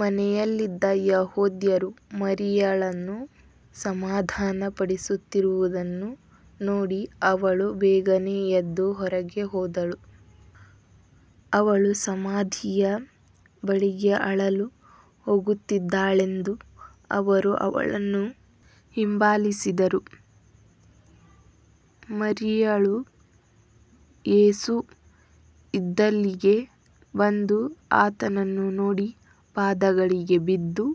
ಮನೆಯಲ್ಲಿದ್ದ ಯೆಹೂದ್ಯರು ಮರಿಯಳನ್ನು ಸಮಾಧಾನಪಡಿಸುತ್ತಿರುವುದನ್ನು ನೋಡಿ ಅವಳು ಬೇಗನೆ ಎದ್ದು ಹೊರಗೆ ಹೋದಳು. ಅವಳು ಸಮಾಧಿಯ ಬಳಿಗೆ ಅಳಲು ಹೋಗುತ್ತಿದ್ದಾಳೆಂದು ಅವರು ಅವಳನ್ನು ಹಿಂಬಾಲಿಸಿದರು. ಮರಿಯಳು ಯೇಸು ಇದ್ದಲ್ಲಿಗೆ ಬಂದು ಆತನನ್ನು ನೋಡಿ ಪಾದಗಳಿಗೆ ಬಿದ್ದು,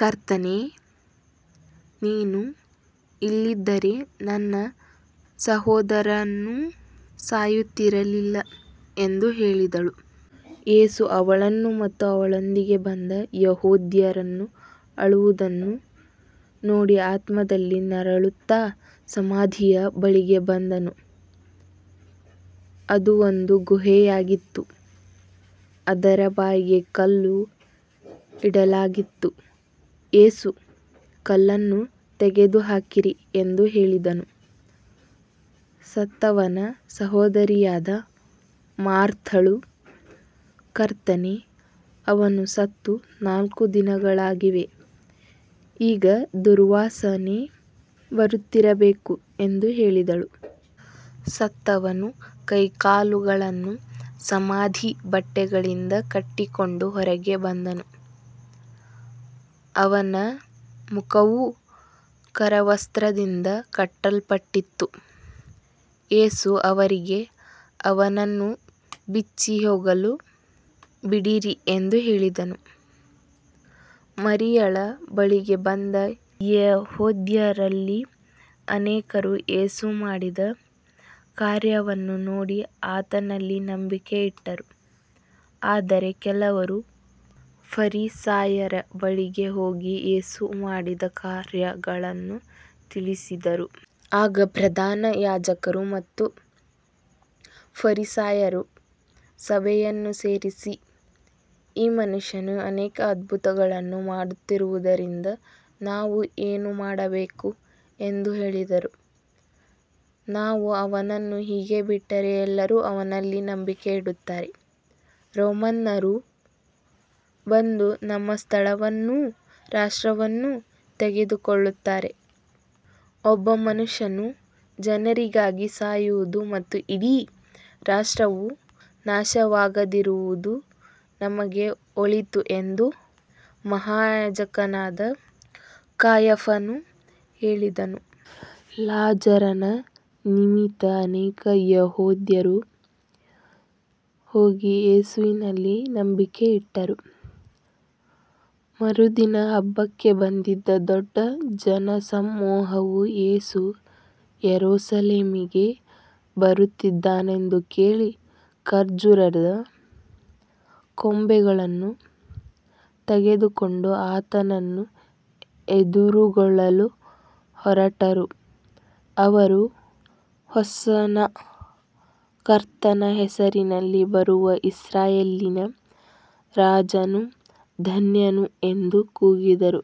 ಕರ್ತನೇ, ನೀನು ಇಲ್ಲಿದ್ದರೆ ನನ್ನ ಸಹೋದರನು ಸಾಯುತ್ತಿರಲಿಲ್ಲ ಎಂದು ಹೇಳಿದಳು. ಯೇಸು ಅವಳನ್ನು ಮತ್ತು ಅವಳೊಂದಿಗೆ ಬಂದ ಯೆಹೂದ್ಯರನ್ನು ಅಳುವುದನ್ನು ನೋಡಿ ಆತ್ಮದಲ್ಲಿ ನರಳುತ್ತಾ ಸಮಾಧಿಯ ಬಳಿಗೆ ಬಂದನು. ಅದು ಒಂದು ಗುಹೆಯಾಗಿತ್ತು, ಅದರ ಬಾಯಿಗೆ ಕಲ್ಲು ಇಡಲಾಗಿತ್ತು. ಯೇಸು, ಕಲ್ಲನ್ನು ತೆಗೆದುಹಾಕಿರಿ ಎಂದು ಹೇಳಿದನು. ಸತ್ತವನ ಸಹೋದರಿಯಾದ ಮಾರ್ಥಳು, ಕರ್ತನೇ, ಅವನು ಸತ್ತು ನಾಲ್ಕು ದಿನಗಳಾಗಿವೆ, ಈಗ ದುರ್ವಾಸನೆ ಬರುತ್ತಿರಬೇಕು ಎಂದು ಹೇಳಿದಳು. ಸತ್ತವನು ಕೈಕಾಲುಗಳನ್ನು ಸಮಾಧಿ ಬಟ್ಟೆಗಳಿಂದ ಕಟ್ಟಿಕೊಂಡು ಹೊರಗೆ ಬಂದನು, ಅವನ ಮುಖವೂ ಕರವಸ್ತ್ರದಿಂದ ಕಟ್ಟಲ್ಪಟ್ಟಿತ್ತು. ಯೇಸು ಅವರಿಗೆ, ಅವನನ್ನು ಬಿಚ್ಚಿ ಹೋಗಲು ಬಿಡಿರಿ ಎಂದು ಹೇಳಿದನು. ಮರಿಯಳ ಬಳಿಗೆ ಬಂದ ಯೆಹೂದ್ಯರಲ್ಲಿ ಅನೇಕರು ಯೇಸು ಮಾಡಿದ ಕಾರ್ಯವನ್ನು ನೋಡಿ ಆತನಲ್ಲಿ ನಂಬಿಕೆ ಇಟ್ಟರು. ಆದರೆ ಕೆಲವರು ಫರಿಸಾಯರ ಬಳಿಗೆ ಹೋಗಿ ಯೇಸು ಮಾಡಿದ ಕಾರ್ಯಗಳನ್ನು ತಿಳಿಸಿದರು. ಆಗ ಪ್ರಧಾನ ಯಾಜಕರು ಮತ್ತು ಫರಿಸಾಯರು ಸಭೆಯನ್ನು ಸೇರಿಸಿ, ಈ ಮನುಷ್ಯನು ಅನೇಕ ಅದ್ಭುತಗಳನ್ನು ಮಾಡುತ್ತಿರುವುದರಿಂದ ನಾವು ಏನು ಮಾಡಬೇಕು ಎಂದು ಹೇಳಿದರು. ನಾವು ಅವನನ್ನು ಹೀಗೆ ಬಿಟ್ಟರೆ ಎಲ್ಲರೂ ಅವನಲ್ಲಿ ನಂಬಿಕೆ ಇಡುತ್ತಾರೆ, ರೋಮನ್ನರು ಬಂದು ನಮ್ಮ ಸ್ಥಳವನ್ನೂ ರಾಷ್ಟ್ರವನ್ನೂ ತೆಗೆದುಕೊಳ್ಳುತ್ತಾರೆ. ಒಬ್ಬ ಮನುಷ್ಯನು ಜನರಿಗಾಗಿ ಸಾಯುವುದು ಮತ್ತು ಇಡೀ ರಾಷ್ಟ್ರವು ನಾಶವಾಗದಿರುವುದು ನಮಗೆ ಒಳಿತು ಎಂದು ಮಹಾಯಾಜಕನಾದ ಕಾಯಫನು ಹೇಳಿದನು. ಲಾಜರನ ನಿಮಿತ್ತ ಅನೇಕ ಯೆಹೂದ್ಯರು ಹೋಗಿ ಯೇಸುವಿನಲ್ಲಿ ನಂಬಿಕೆ ಇಟ್ಟರು. ಮರುದಿನ ಹಬ್ಬಕ್ಕೆ ಬಂದಿದ್ದ ದೊಡ್ಡ ಜನಸಮೂಹವು ಯೇಸು ಯೆರೂಸಲೇಮಿಗೆ ಬರುತ್ತಿದ್ದಾನೆಂದು ಕೇಳಿ ಖರ್ಜೂರದ ಕೊಂಬೆಗಳನ್ನು ತೆಗೆದುಕೊಂಡು ಆತನನ್ನು ಎದುರುಗೊಳ್ಳಲು ಹೊರಟರು. ಅವರು, ಹೊಸನ್ನಾ, ಕರ್ತನ ಹೆಸರಿನಲ್ಲಿ ಬರುವ ಇಸ್ರಾಯೇಲಿನ ರಾಜನು ಧನ್ಯನು ಎಂದು ಕೂಗಿದರು.